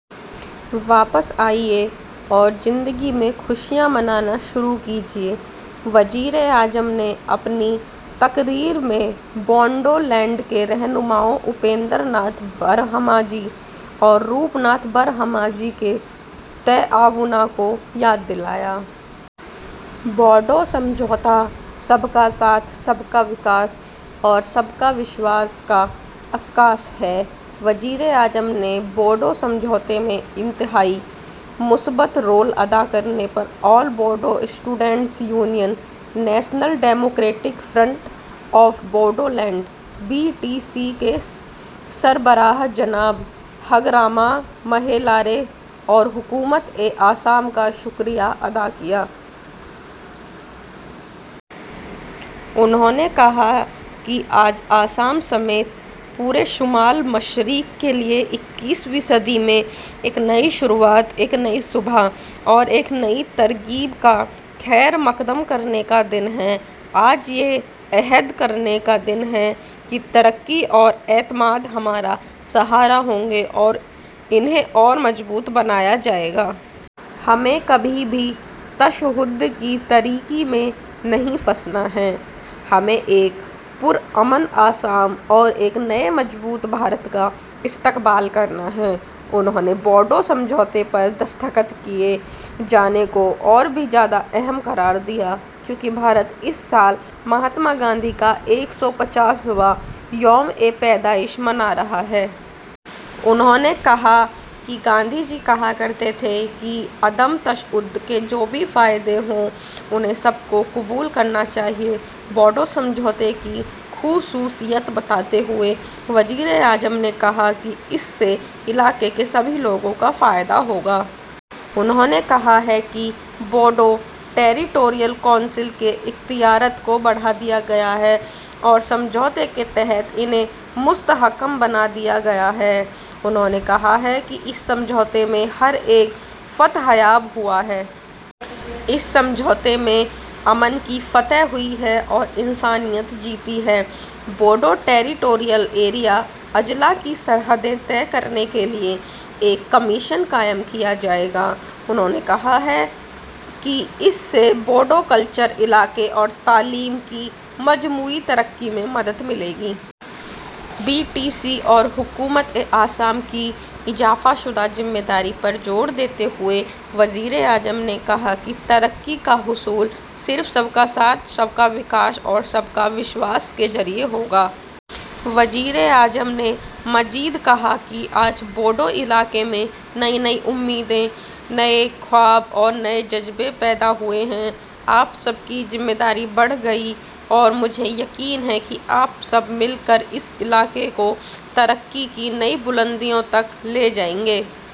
واپس آئیے اور زندگی میں خوشیاں منانا شروع کیجیے۔ وزیر اعظم نے اپنی تقریر میں بوڈو لینڈ کے رہنماؤں اپیندر ناتھ برہما جی اور روپ ناتھ برہما جی کے تعاون کو یاد دلایا۔ بوڈو سمجھوتہ سب کا ساتھ، سب کا وکاس اور سب کا وشواس کا عکاس ہے۔ وزیر اعظم نے بوڈو سمجھوتے میں انتہائی مثبت رول ادا کرنے پر آل Bodo students union, national democratic front of Bodoland, B T C کے سربراہ جناب ہگراما مہیلارے اور حکومت آسام کا شکریہ ادا کیا۔ انہوں نے کہا کہ آج آسام سمیت پورے شمال مشرق کے لیے اکیسویں صدی میں ایک نئی شروعات، ایک نئی صبح اور ایک نئی ترغیب کا خیر مقدم کرنے کا دن ہے۔ آج یہ عہد کرنے کا دن ہے کہ ترقی اور اعتماد ہمارا سہارا ہوں گے اور انہیں اور مضبوط بنایا جائے گا۔ ہمیں کبھی بھی تشدد کی تاریکی میں نہیں پھنسنا ہے۔ ہمیں ایک پرامن آسام اور ایک نئے مضبوط بھارت کا استقبال کرنا ہے۔ انہوں نے بوڈو سمجھوتے پر دستخط کیے جانے کو اور بھی زیادہ اہم قرار دیا کیونکہ بھارت اس سال مہاتما گاندھی کا ایک سو پچاسواں یوم پیدائش منا رہا ہے۔ انہوں نے کہا کہ گاندھی جی کہا کرتے تھے کہ عدم تشدد کے جو بھی فائدے ہوں انہیں سب کو قبول کرنا چاہیے۔ بوڈو سمجھوتے کی خصوصیت بتاتے ہوئے وزیر اعظم نے کہا کہ اس سے علاقے کے سبھی لوگوں کو فائدہ ہوگا۔ انہوں نے کہا کہ بوڈو ٹیریٹوریل کونسل کے اختیارات کو بڑھا دیا گیا ہے اور سمجھوتے کے تحت انہیں مستحکم بنا دیا گیا ہے۔ انہوں نے کہا کہ اس سمجھوتے میں ہر ایک فتح یاب ہوا ہے۔ اس سمجھوتے میں امن کی فتح ہوئی ہے اور انسانیت جیتی ہے۔ بوڈو ٹیریٹوریل ایریا اضلاع کی سرحدیں طے کرنے کے لیے ایک کمیشن قائم کیا جائے گا۔ انہوں نے کہا کہ اس سے بوڈو کلچر، علاقے اور تعلیم کی مجموعی ترقی میں مدد ملے گی۔ بی ٹی سی اور حکومت آسام کی اضافہ شدہ ذمہ داری پر زور دیتے ہوئے وزیر اعظم نے کہا کہ ترقی کا حصول صرف سب کا ساتھ، سب کا وکاس اور سب کا وشواس کے ذریعہ ہوگا۔ وزیر اعظم نے مزید کہا کہ آج بوڈو علاقے میں نئی امیدیں، نئے خواب اور نئے جذبے پیدا ہوئے ہیں۔ آپ سب کی ذمہ داری بڑھ گئی ہے اور مجھے یقین ہے کہ آپ سب مل کر اس علاقے کو ترقی کی نئی بلندیوں تک لے جائیں گے۔